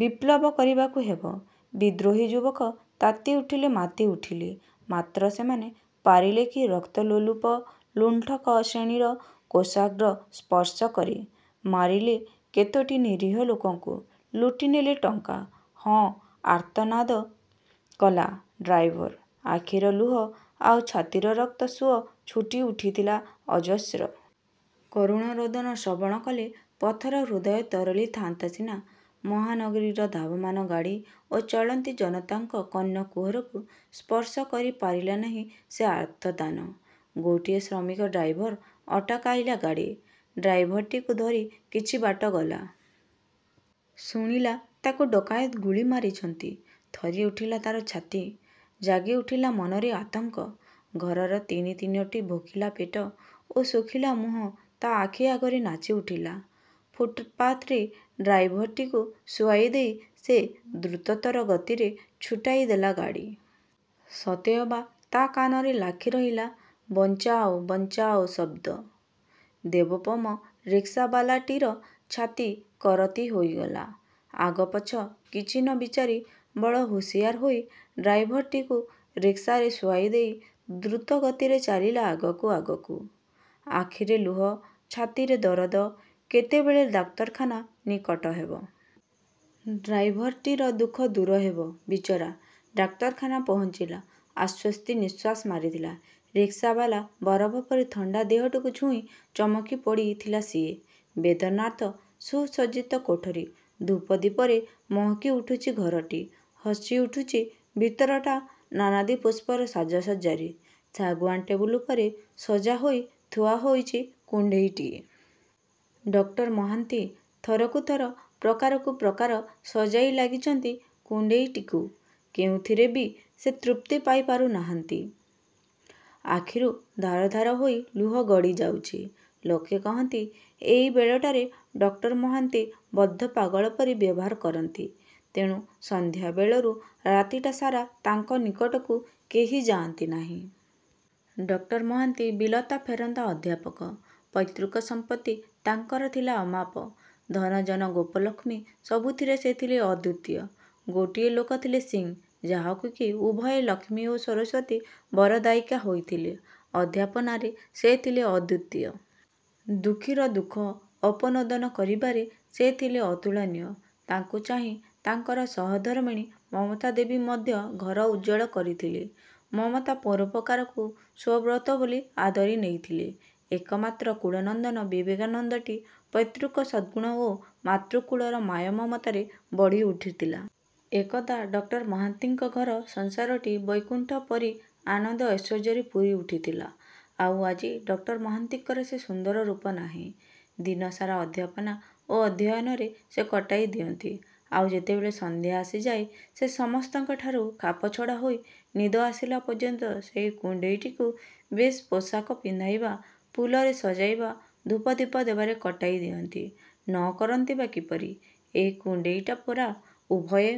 ବିପ୍ଳବ କରିବାକୁ ହେବ। ବିଦ୍ରୋହୀ ଯୁବକ ତାତି ଉଠିଲେ, ମାତି ଉଠିଲେ। ମାତ୍ର ସେମାନେ ପାରିଲେ କି ରକ୍ତ ଲୋଲୁପ, ଲୁଣ୍ଠକ ଶ୍ରେଣୀର କେଶାଗ୍ର ସ୍ପର୍ଶ କରି? ମାରିଲେ କେତୋଟି ନିରୀହ ଲୋକଙ୍କୁ, ଲୁଟିନେଲେ ଟଙ୍କା। ହଁ, ଆର୍ତ୍ତନାଦ କଲା ଡ୍ରାଇଭର। ଆଖିର ଲୁହ ଆଉ ଛାତିର ରକ୍ତ ସୁଅ ଛୁଟି ଉଠିଥିଲା ଅଜସ୍ର। କରୁଣ ରୋଦନ ଶ୍ରବଣ କଲେ ପଥର ହୃଦୟ ତରଳି ଥାଆନ୍ତା ସିନା; ମହାନଗରୀର ଧାବମାନ ଗାଡ଼ି ଓ ଚଳନ୍ତି ଜନତାଙ୍କ କର୍ଣ୍ଣ କୁହରକୁ ସ୍ପର୍ଶ କରି ପାରିଲା ନାହିଁ ସେ ଆର୍ତ୍ତଦାନ। ଗୋଟିଏ ଶ୍ରମିକ ଡ୍ରାଇଭର ଅଟକାଇଲା ଗାଡ଼ି। ଡ୍ରାଇଭରଟିକୁ ଧରି କିଛି ବାଟ ଗଲା। ଶୁଣିଲା ତାକୁ ଡକାୟତ ଗୁଳି ମାରିଚନ୍ତି। ଥରି ଉଠିଲା ତାର ଛାତି। ଜାଗି ଉଠିଲା ମନରେ ଆତଙ୍କ, ଘରର ତିନି ତିନୋଟି ଭୋକିଲା ପେଟ ଓ ଶୁଖିଲା ମୁହଁ ତା ଆଖି ଆଗରେ ନାଚିଉଠିଲା। ଫୁଟପାଥରେ ଡ୍ରାଇଭରଟିକୁ ଶୁଆଇ ଦେଇ ସେ ଦ୍ରୁତତର ଗତିରେ ଛୁଟାଇ ଦେଲା ଗାଡ଼ି। ସତେ ଅବା ତା କାନରେ ଲାଖି ରହିଲା 'ବଞ୍ଚାଓ' 'ବଞ୍ଚାଓ' ଶବ୍ଦ।। ଦେବୋପମ ରିକ୍ସାବାଲାଟିର ଛାତି କରତି ହୋଇଗଲା। ଆଗପଛ କିଛି ନ ବିଚାରି ବଡ଼ ହୁସିଆର ହୋଇ ଡ୍ରାଇଭରଟିକୁ ରିକ୍ସାରେ ଶୁଆଇ ଦେଇ ଦ୍ରୁତ ଗତିରେ ଚାଲିଲା ଆଗକୁ ଆଗକୁ। ଆଖିରେ ଲୁହ, ଛାତିରେ ଦରଦ, କେତେବେଳେ ଡାକ୍ତରଖାନା ନିକଟ ହେବ। ଡ୍ରାଇଭରଟିର ଦୁଃଖ ଦୂର ହେବ, ବିଚରା। ଡାକ୍ତରଖାନା ପହୁଞ୍ଚିଲା। ଆଶ୍ୱସ୍ତି ନିଶ୍ୱାସ ମାରିଥିଲା ରିକ୍ସାବାଲା, ବରଫ ପରି ଥଣ୍ତା ଦେହଟିକୁ ଛୁଇଁ ଚମକି ପଡ଼ିଥିଲା ସିଏ। ବେଦନାର୍ତ୍ତ ସୁସଜ୍ଜିତ କୋଠରୀ। ଧୂପ ଦୀପରେ ମହକିଉଠୁଚି ଘରଟି। ହସି ଉଠୁଚି ଭିତରଟା ନାନାଦି ପୁଷ୍ପର ସାଜସଜ୍ଜାରେ। ଶାଗୁଆନ ଟେବୁଲ ଉପରେ ସଜା ହୋଇ ଥୁଆ ହୋଇଚି କୁଣ୍ତେଇଟିଏ। ଡକ୍ଟର ମହାନ୍ତି ଥରକୁ ଥର ପ୍ରକାରକୁ ପ୍ରକାର ସଜାଇ ଲାଗିଚନ୍ତି କୁଣ୍ତେଇଟିକୁ, କେଉଁଥିରେ ବି ସେ ତୃପ୍ତି ପାଇପାରୁ ନାହାନ୍ତି। ଆଖିରୁ ଧାର ଧାର ହୋଇ ଲୁହ ଗଡ଼ିଯାଉଚି। ଲୋକେ କହନ୍ତି, ଏଇ ବେଳଟାରେ ଡକ୍ଟର ମହାନ୍ତି ବଦ୍ଧ ପାଗଳ ପରି ବ୍ୟବହାର କରନ୍ତି। ତେଣୁ ସନ୍ଧ୍ୟାବେଳରୁ ରାତିଟା ସାରା ତାଙ୍କ ନିକଟକୁ କେହି ଯାଆନ୍ତି ନାହିଁ। ଡକ୍ଟର ମହାନ୍ତି ବିଲାତ ଫେରନ୍ତା ଅଧ୍ୟାପକ। ପୈତୃକ ସମ୍ପତ୍ତି ତାଙ୍କର ଥିଲା ଅମାପ। ଧନ ଜନ, ଗୋପଲକ୍ଷ୍ମୀ ସବୁଥିରେ ସେ ଥିଲେ ଅଦ୍ୱିତୀୟ। ଗୋଟିଏ ଲୋକ ଥିଲେ ସିଂ, ଯାହାକୁ କି ଉଭୟେ ଲକ୍ଷ୍ମୀ ଓ ସରସ୍ୱତୀ ବରଦାୟିକା ହୋଇଥିଲେ। ଅଧ୍ୟାପନାରେ ସେ ଥିଲେ ଅଦ୍ୱିତୀୟ। ଦୁଃଖୀର ଦୁଃଖ ଅପନୋଦନ କରିବାରେ ସେ ଥିଲେ ଅତୁଳନୀୟ। ତାଙ୍କୁ ଚାହିଁ ତାଙ୍କର ସହଧର୍ମିଣୀ ମମତାଦେବୀ ମଧ୍ୟ ଘର ଉଜ୍ଜ୍ୱଳ କରିଥିଲେ। ମମତା ପରୋପକାରକୁ ସ୍ୱ ବ୍ରତ ବୋଲି ଆଦରି ନେଇଥିଲେ। ଏକମାତ୍ର କୁଳନନ୍ଦନ ବିବେକାନନ୍ଦଟି ପୈତୃକ ସଦ୍ଗୁଣ ଓ ମାତୃକୁଳର ମାୟା ମମତାରେ ବଢ଼ିଉଠିଥିଲା। ଏକଦା ଡକ୍ଟର ମହାନ୍ତିଙ୍କ ଘର ସଂସାରଟି ବୈକୁଣ୍ଠ ପରି ଆନନ୍ଦ ଐଶ୍ୱର୍ଯ୍ୟରେ ପୂରି ଉଠିଥିଲା। ଆଉ ଆଜି! ଡକ୍ଟର ମହାନ୍ତିଙ୍କର ସେ ସୁନ୍ଦର ରୂପ ନାହିଁ। ଦିନ ସାରା ଅଧ୍ୟାପନା ଓ ଅଧ୍ୟୟନରେ ସେ କଟାଇ ଦିଅନ୍ତି, ଆଉ ଯେତେବେଳେ ସଂଧ୍ୟା ଆସିଯାଏ, ସେ ସମସ୍ତଙ୍କଠାରୁ ଖାପଛଡ଼ା ହୋଇ ନିଦ ଆସିଲା ପର୍ଯ୍ୟନ୍ତ ସେଇ କୁଣ୍ତେଇଟିକୁ ବେଶ ପୋଷାକ ପିନ୍ଧାଇବା, ପୁଲରେ ସଜାଇବା, ଧୂପ ଦୀପ ଦେବାରେ କଟାଇ ଦିଅନ୍ତି। ନ କରନ୍ତେ ବା କିପରି? ଏହି କୁଣ୍ତେଇଟା ପରା ଉଭୟେ